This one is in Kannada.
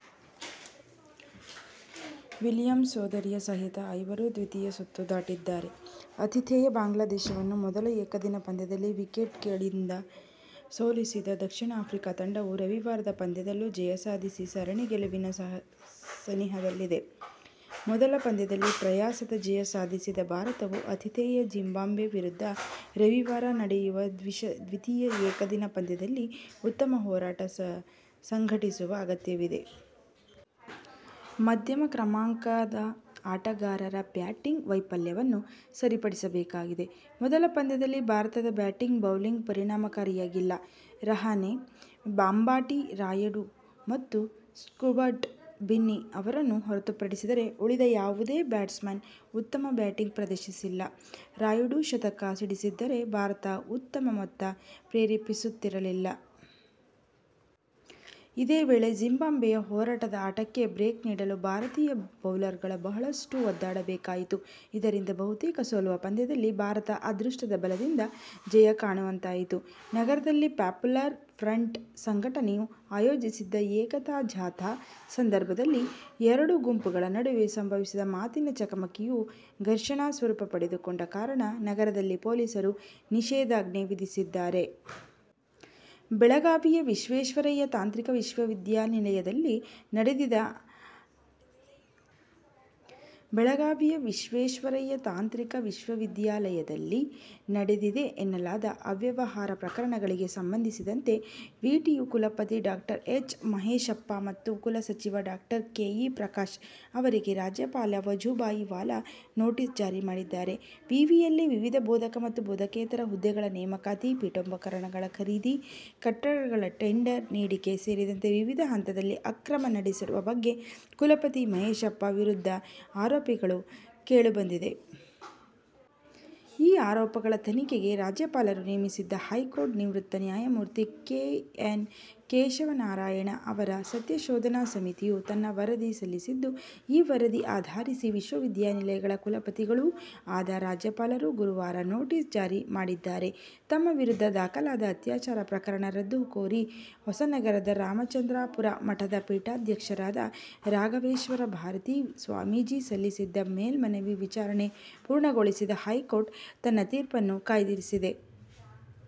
ವಿಲಿಯಮ್ಸ್ ಸೋದರಿಯರ ಸಹಿತ ಐವರು ದ್ವಿತೀಯ ಸುತ್ತು ದಾಟಿದ್ದಾರೆ. ಆತಿಥೇಯ ಬಾಂಗ್ಲಾದೇಶವನ್ನು ಮೊದಲ ಏಕದಿನ ಪಂದ್ಯದಲ್ಲಿ ವಿಕೆಟ್ಗಳಿಂದ ಸೋಲಿಸಿದ ದಕ್ಷಿಣ ಆಫ್ರಿಕಾ ತಂಡವು ರವಿವಾರದ ಪಂದ್ಯದಲ್ಲೂ ಜಯ ಸಾಧಿಸಿ ಸರಣಿ ಗೆಲುವಿನ ಸನಿಹದಲ್ಲಿದೆ. ಮೊದಲ ಪಂದ್ಯದಲ್ಲಿ ಪ್ರಯಾಸದ ಜಯ ಸಾಧಿಸಿದ ಭಾರತವು ಆತಿಥೇಯ ಜಿಂಬಾಬ್ವೆ ವಿರುದ್ಧ ರವಿವಾರ ನಡೆಯುವ ದ್ವಿತೀಯ ಏಕದಿನ ಪಂದ್ಯದಲ್ಲಿ ಉತ್ತಮ ಹೋರಾಟ ಸಂಘಟಿಸುವ ಅಗತ್ಯವಿದೆ. ಮಧ್ಯಮ ಕ್ರಮಾಂಕದ ಆಟಗಾರರ ಬ್ಯಾಟಿಂಗ್ ವೈಫಲ್ಯವನ್ನು ಸರಿಪಡಿಸಬೇಕಾಗಿದೆ. ಮೊದಲ ಪಂದ್ಯದಲ್ಲಿ ಭಾರತದ ಬ್ಯಾಟಿಂಗ್, ಬೌಲಿಂಗ್ ಪರಿಣಾಮಕಾರಿಯಾಗಿಲ್ಲ. ರಹಾನೆ. ಅಂಬಾಟಿ ರಾಯುಡು ಮತ್ತು ಸ್ಟುವರ್ಟ್ ಬಿನ್ನಿ ಅವರನ್ನು ಹೊರತುಪಡಿಸಿದರೆ ಉಳಿದ ಯಾವುದೇ ಬ್ಯಾಟ್ಸ್ಮನ್ ಉತ್ತಮ ಬ್ಯಾಟಿಂಗ್ ಪ್ರದರ್ಶಿಸಿಲ್ಲ. ರಾಯುಡು ಶತಕ ಸಿಡಿಸದಿದ್ದರೆ ಭಾರತ ಉತ್ತಮ ಮೊತ್ತ ಪೇರಿಸುತ್ತಿರಲಿಲ್ಲ. ಇದೇ ವೇಳೆ ಜಿಂಬಾಬ್ವೆಯ ಹೋರಾಟದ ಆಟಕ್ಕೆ ಬ್ರೇಕ್ ನೀಡಲು ಭಾರತೀಯ ಬೌಲರ್ಗಳು ಬಹಳಷ್ಟು ಒದ್ದಾಡಬೇಕಾಯಿತು. ಇದರಿಂದ ಬಹುತೇಕ ಸೋಲುವ ಪಂದ್ಯದಲ್ಲಿ ಭಾರತ ಅದೃಷ್ಟದ ಬಲದಿಂದ ಜಯ ಕಾಣುವಂತಾಯಿತು. ನಗರದಲ್ಲಿ ಪಾಪ್ಯುಲರ್ ಫ್ರಂಟ್ ಸಂಘಟನೆಯು ಆಯೋಜಿಸಿದ್ದ ಏಕತಾ ಜಾಥಾ ಸಂದರ್ಭದಲ್ಲಿ ಎರಡು ಗುಂಪುಗಳ ನಡುವೆ ಸಂಭವಿಸಿದ ಮಾತಿನ ಚಕಮಕಿಯು ಘರ್ಷಣಾ ಸ್ವರೂಪ ಪಡೆದುಕೊಂಡ ಕಾರಣ ನಗರದಲ್ಲಿ ಪೊಲೀಸರು ನಿಷೇದಾಜ್ಞೆ ವಿಧಿಸಿದ್ದಾರೆ. ಬೆಳಗಾವಿಯ ವಿಶ್ವೇಶ್ವರಯ್ಯ ತಾಂತ್ರಿಕ ವಿಶ್ವವಿದ್ಯಾಲಯನಲ್ಲಿ ನಡೆದಿದೆ ಎನ್ನಲಾದ ಅವ್ಯವಹಾರ ಪ್ರಕರಣಗಳಿಗೆ ಸಂಬಂಧಿಸಿದಂತೆ ವಿಟಿಯು ಕುಲಪತಿ ಡಾ. ಎಚ್. ಮಹೇಶಪ್ಪ ಮತ್ತು ಕುಲಸಚಿವ ಡಾ. ಕೆ. ಇ. ಪ್ರಕಾಶ್ ಅವರಿಗೆ ರಾಜ್ಯಪಾಲ ವಜುಭಾಯಿ ವಾಲಾ ನೋಟಿಸ್ ಜಾರಿ ಮಾಡಿದ್ದಾರೆ. ವಿವಿಯಲ್ಲಿ ವಿವಿಧ ಬೋಧಕ ಮತ್ತು ಬೋಧಕೇತರ ಹುದ್ದೆಗಳ ನೇಮಕಾತಿ, ಪೀಠೊಪಕರಣ ಖರೀದಿ, ಕಟ್ಟಡಗಳ ಟೆಂಡರ್ ನೀಡಿಕೆ ಸೇರಿದಂತೆ ವಿವಿಧ ಹಂತದಲ್ಲಿ ಅಕ್ರಮ ನಡೆಸಿರುವ ಬಗ್ಗೆ ಕುಲಪತಿ ಮಹೇಶಪ್ಪ ವಿರುದ್ಧ ಆರೋಪಗಳು ಕೇಳಿಬಂದಿದ್ದವು. ಈ ಆರೋಪಗಳ ತನಿಖೆಗೆ ರಾಜ್ಯಪಾಲರು ನೇಮಿಸಿದ್ದ ಹೈಕೋರ್ಟ್ ನಿವೃತ್ತ ನ್ಯಾಯಮೂರ್ತಿ ಕೆ. ಎನ್. ಕೇಶವನಾರಾಯಣ ಅವರ ಸತ್ಯಶೋಧನಾ ಸಮಿತಿಯು ತನ್ನ ವರದಿ ಸಲ್ಲಿಸಿದ್ದು, ಈ ವರದಿ ಆಧರಿಸಿ ವಿಶ್ವವಿದ್ಯಾಲಯಗಳ ಕುಲಾಧಿಪತಿಗಳೂ ಆದ ರಾಜ್ಯಪಾಲರು ಗುರುವಾರ ನೋಟಿಸ್ ಜಾರಿ ಮಾಡಿದ್ದಾರೆ. ತಮ್ಮ ವಿರುದ್ಧ ದಾಖಲಾದ ಅತ್ಯಾಚಾರ ಪ್ರಕರಣ ರದ್ದು ಕೋರಿ ಹೊಸನಗರದ ರಾಮಚಂದ್ರಾಪುರ ಮಠದ ಪೀಠಾಧ್ಯಕ್ಷರಾದ ರಾಘವೇಶ್ವರ ಭಾರತಿ ಸ್ವಾಮೀಜಿ ಸಲ್ಲಿಸಿದ್ದ ಮೇಲ್ಮನವಿ ವಿಚಾರಣೆ ಪೂರ್ಣಗೊಳಿಸಿದ ಹೈಕೋರ್ಟ್ ತನ್ನ ತೀರ್ಪನ್ನು ಕಾಯ್ದಿರಿಸಿದೆ.